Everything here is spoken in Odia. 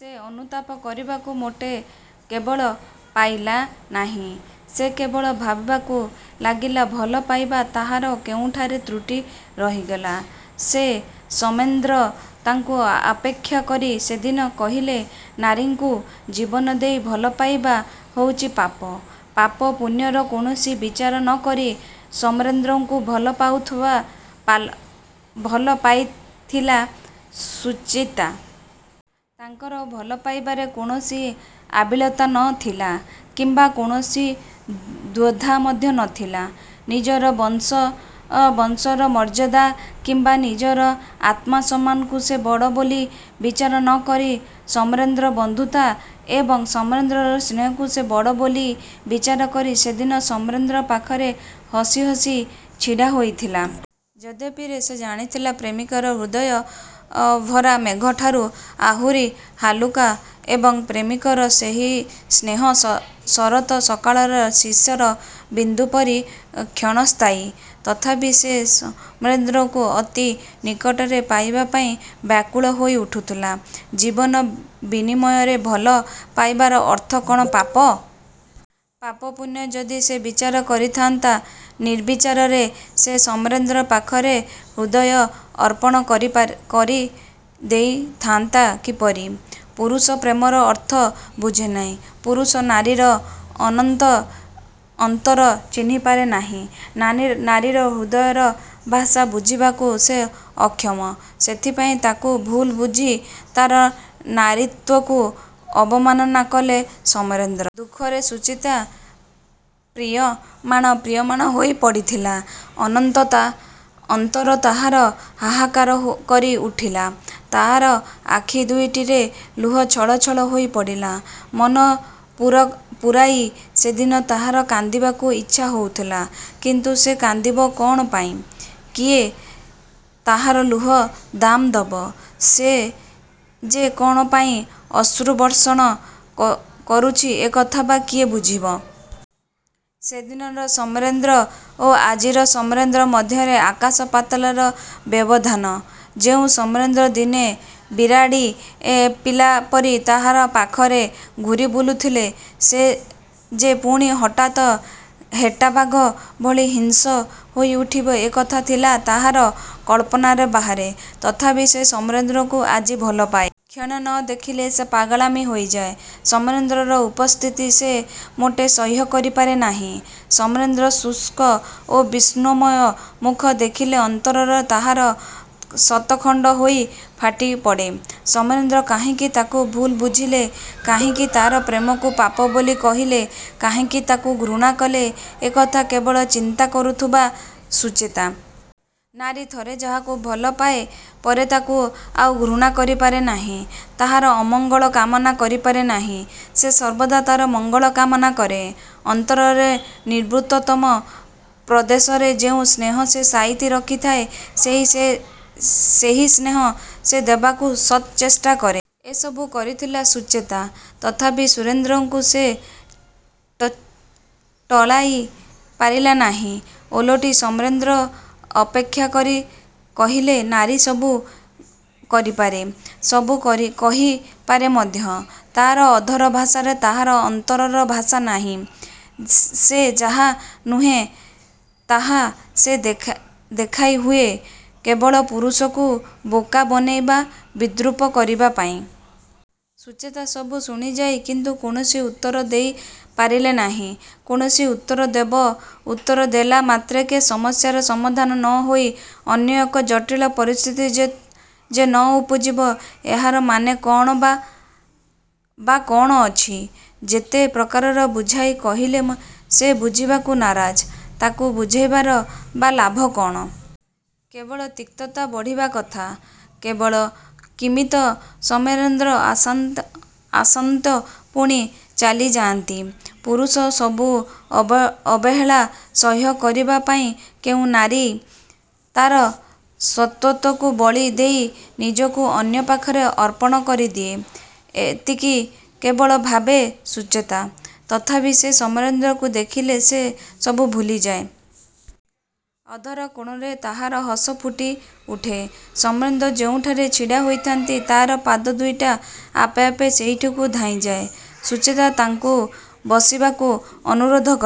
ସେ ଅନୁତାପ କରିବାକୁ ମୋଟେ ବେଳ ପାଇଲା ନାହିଁ। ସେ କେବଳ ଭାବିବାକୁ ଲାଗିଲା ଭଲ ପାଇବାରେ ତାହାର କେଉଁଠାରେ ତ୍ରୁଟି ରହିଗଲା ଯେ ସମରେନ୍ଦ୍ର ତାକୁ ଆକ୍ଷେପ କରି ସେଦିନ କହିଲେ ''ନାରୀକୁ ଜୀବନ ଦେଇ ଭଲ ପାଇବା ହେଉଛି ପାପ। '' ପାପ, ପୁଣ୍ୟର କୌଣସି ବିଚାର ନ କରି ସମରେନ୍ଦ୍ରକୁ ଭଲ ପାଇଥିଲା ସୁଚେତା। ତା'ର ଭଲ ପାଇବାରେ କୌଣସି ଆବିଳତା ନ ଥିଲା କିମ୍ୱା କୌଣସି ଦ୍ୱିଧା ମଧ୍ୟ ନ ଥିଲା। ନିଜର ବଂଶମର୍ଯ୍ୟାଦା କିମ୍ୱା ନିଜର ଆତ୍ମସମ୍ମାନକୁ ସେ ବଡ଼ ବୋଲି ବିଚାର ନ କରି ସମରେନ୍ଦ୍ରର ବନ୍ଧୁତା ଏବଂ ସମରେନ୍ଦ୍ରର ସ୍ନେହକୁ ସେ ବଡ଼ ବୋଲି ବିଚାର କରି ସେଦିନ ସମରେନ୍ଦ୍ର ପାଖରେ ହସିହସି ଛିଡ଼ା ହୋଇଥିଲା। ଯଦ୍ୟପି ସେ ଜାଣିଥିଲା ପ୍ରେମିକର ହୃଦୟ ଭସାମେଘଠାରୁ ଆହୁରି ହାଲୁକା ଏବଂ ପ୍ରେମିକର ସ୍ନେହ ଶରତ ସକାଳର ଶିଶିର ବିନ୍ଦୁ ପରି କ୍ଷଣସ୍ଥାୟୀ ତଥାପି ସେ ସମରେନ୍ଦ୍ରକୁ ଅତି ନିକଟରେ ପାଇବା ପାଇଁ ବ୍ୟାକୁଳ ହୋଇଉଠିଥିଲା। ଜୀବନ ବିନିମୟରେ ଭଲ ପାଇବାର ଅର୍ଥ କ'ଣ ପାପ? ପାପ, ପୁଣ୍ୟର ଯଦି ସେ ବିଚାର କରିଥାନ୍ତା, ନିର୍ବିଚାରରେ ସେ ସମରେନ୍ଦ୍ର ପାଖରେ ହୃଦୟ ଅର୍ପଣ କରିଦେଇଥାନ୍ତା କିପରି-? ପୁରୁଷ ପ୍ରେମର ଅର୍ଥ ବୁଝେନାହିଁ। ପୁରୁଷ ନାରୀର ଅନ୍ତର ଚିହ୍ନିପାରେ ନାହିଁ। ନାରୀର ହୃଦୟର ଭାଷା ବୁଝିବାକୁ ସେ ଅକ୍ଷମ। ସେଥିପାଇଁ ତାକୁ ଭୁଲବୁଝି ତା'ର ନାରୀତ୍ୱକୁ ଅବମାନନା କଲେ ସମରେନ୍ଦ୍ର। ଦୁଃଖରେ ସୁଚେତା ମ୍ରିୟମାଣ ହୋଇପଡ଼ିଲା। ଅନ୍ତର ତା'ର ହାହାକାର କରିଉଠିଲା। ତା'ର ଆଖି ଦୁଇଟିରେ ଲୁହ ଛଳଛଳ ହୋଇଉଠିଲା। ମନ ପୂରାଇ ସେଦିନ ତା'ର କାନ୍ଦିବାକୁ ଇଛା ହେଉଥିଲା। କିନ୍ତୁ ସେ କାନ୍ଦିବ କ'ଣ ପାଇଁ? କିଏ ତାହାର ଲୁହର ଦାମ ଦେବ? ସେ ଯେ କ'ଣ ପାଇଁ ଅଶ୍ରୁ ବର୍ଷଣ କରୁଛି ଏକଥା ବା କିଏ ବୁଝିବ? ସେଦିନର ସମରେନ୍ଦ୍ର ଓ ଆଜିର ସମରେନ୍ଦ୍ର ମଧ୍ୟରେ ଆକାଶ ପାତାଳର ବ୍ୟବଧାନ-। ଯେଉଁ ସମରେନ୍ଦ୍ର ଦିନେ ବିରାଡ଼ି ପିଲାପରି ତା' ପାଖରେ ଘୂରି ବୁଲୁଥିଲେ ସେ ଯେ ପୁଣି ହଠାତ୍ ହେଟାବାଘ ଭଳି ହିଂସ୍ର ହୋଇଉଠିବେ ଏକଥା ଥିଲା ତା'ର କଳ୍ପନାର ବାହାରେ। ତଥାପି ସେ ସମରେନ୍ଦ୍ରକୁ ଆଜି ଭଲପାଏ। କ୍ଷଣେ ନ ଦେଖିଲେ ସେ ପାଗଳୀ ହୋଇଯାଏ। ସମରେନ୍ଦ୍ରର ଅନୁପସ୍ଥିତି ସେ ମୋଟେ ସହ୍ୟ କରିପାରେ ନାହିଁ। ସମରେନ୍ଦ୍ରର ଶୁଷ୍କ ଓ ବିଷଣ୍ଣ ମୁଖ ଦେଖିଲେ ଅନ୍ତର ତାହାର ଶତଖଣ୍ଡ ହୋଇ ଫାଟି ପଡ଼େ। ସମରେନ୍ଦ୍ର କାହିଁକି ତାକୁ ଭୁଲ ବୁଝିଲେ, କାହିଁକି ତା'ର ପ୍ରେମକୁ ପାପ ବୋଲି କହିଲେ, କାହିଁକି ତାକୁ ଘୃଣା କଲେ ଏହି କଥା କେବଳ ଚିନ୍ତା କରୁଥିଲା ସୁଚେତା। ନାରୀ ଥରେ ଯାହାକୁ ଭଲ ପାଇଲା ପରେ ତାକୁ ଆଉ ଘୃଣା କରିପାରେ ନାହିଁ। ତା'ର ଅମଙ୍ଗଳ କାମନା କରିପାରେ ନାହିଁ। ସେ ସର୍ବଦା ତା'ର ମଙ୍ଗଳ କାମନା କରେ। ଅନ୍ତରର ନିଭୃତତମ ପ୍ରଦେଶରେ ଯେଉଁ ସ୍ନେହ ସେ ସାଇତି ରଖିଥାଏ, ସେହି ସ୍ନେହ ସେ ଦେବାକୁ ଶତଚେଷ୍ଟା କରେ। ଏ ସବୁ କରିଥିଲା ସୁଚେତା। ତଥାପି ସମରେନ୍ଦ୍ରକୁ ସେ ଟଳାଇ ପାରିଲା ନାହିଁ। ଓଲଟି ସମରେନ୍ଦ୍ର ଆକ୍ଷେପ କରି କହିଲେ ''ନାରୀ ସବୁ କରିପାରେ। ସବୁ କହିପାରେ ମଧ୍ୟ। ତା'ର ଅଧରର ଭାଷା ତା'ର ଅନ୍ତରର ଭାଷା ନୁହେଁ। ସେ ଯାହା ନୁହେଁ ତାହା ସେ ଦେଖାଇ ହୁଏ କେବଳ ପୁରୁଷକୁ ବୋକା ବନାଇ ବିଦ୍ରୂପ କରିବା ପାଇଁ। ସୁଚେତା ସବୁ ଶୁଣିଯାଏ କିନ୍ତୁ କୌଣସି ଉତ୍ତର ଦେଇ ପାରେନାହିଁ। କାହିଁକି ସେ ଉତ୍ତର ଦେବ? ଉତ୍ତର ଦେଲା ମାତ୍ରେ ସମସ୍ୟାର ସମାଧାନ ନ ହୋଇ ଅନ୍ୟ ଏକ ଜଟିଳ ପରିସ୍ଥିତି ଯେ ନ ଉପୁଜିବ ଏହାର ମାନେ ବା କ'ଣ ଅଛି? ଯେତେ ପ୍ରକାର ବୁଝାଇ କହିଲେ ଯେ ବୁଝିବାକୁ ନାରାଜ ତାକୁ ବୁଝାଇବାରେ ବା ଲାଭ କ'ଣ? କେବଳ। ତିକ୍ତତା ବଢ଼ିବା କଥା। କେବେ କିମିତ ସମରେନ୍ଦ୍ର ଆସନ୍ତି ପୁଣି ଚାଲିଯାଆନ୍ତି। ପୁରୁଷର ସବୁ ଅବହେଳା ସହ୍ୟ କରିବା ପାଇଁ କେଉଁ ନାରୀ ତା'ର ସତୀତ୍ୱକୁ ବଳି ଦେଇ ନିଜକୁ ଅନ୍ୟ ପାଖରେ ଅର୍ପଣ କରିଦିଏ? ଏତିକି କେବଳ ଭାବେ ସୁଚେତା। ତଥାପି ସେ ସମରେନ୍ଦ୍ରକୁ ଦେଖିଲେ ସେ ସବୁ ଭୁଲିଯାଏ। ଅଧର କୋଣରେ ତା'ର ହସ ଫୁଟିଉଠେ। ସମରେନ୍ଦ୍ର ଯେଉଁଠାରେ ଛିଡ଼ା ହୋଇଥାନ୍ତି ତା'ର ପାଦ ଦୁଇଟା ଆପେ ଆପେ ସେହିଠାକୁ ଧାଇଁଯାଏ। ସୁଚେତା ତାଙ୍କୁ ବସିବାକୁ ଅନୁରୋଧ କରେ।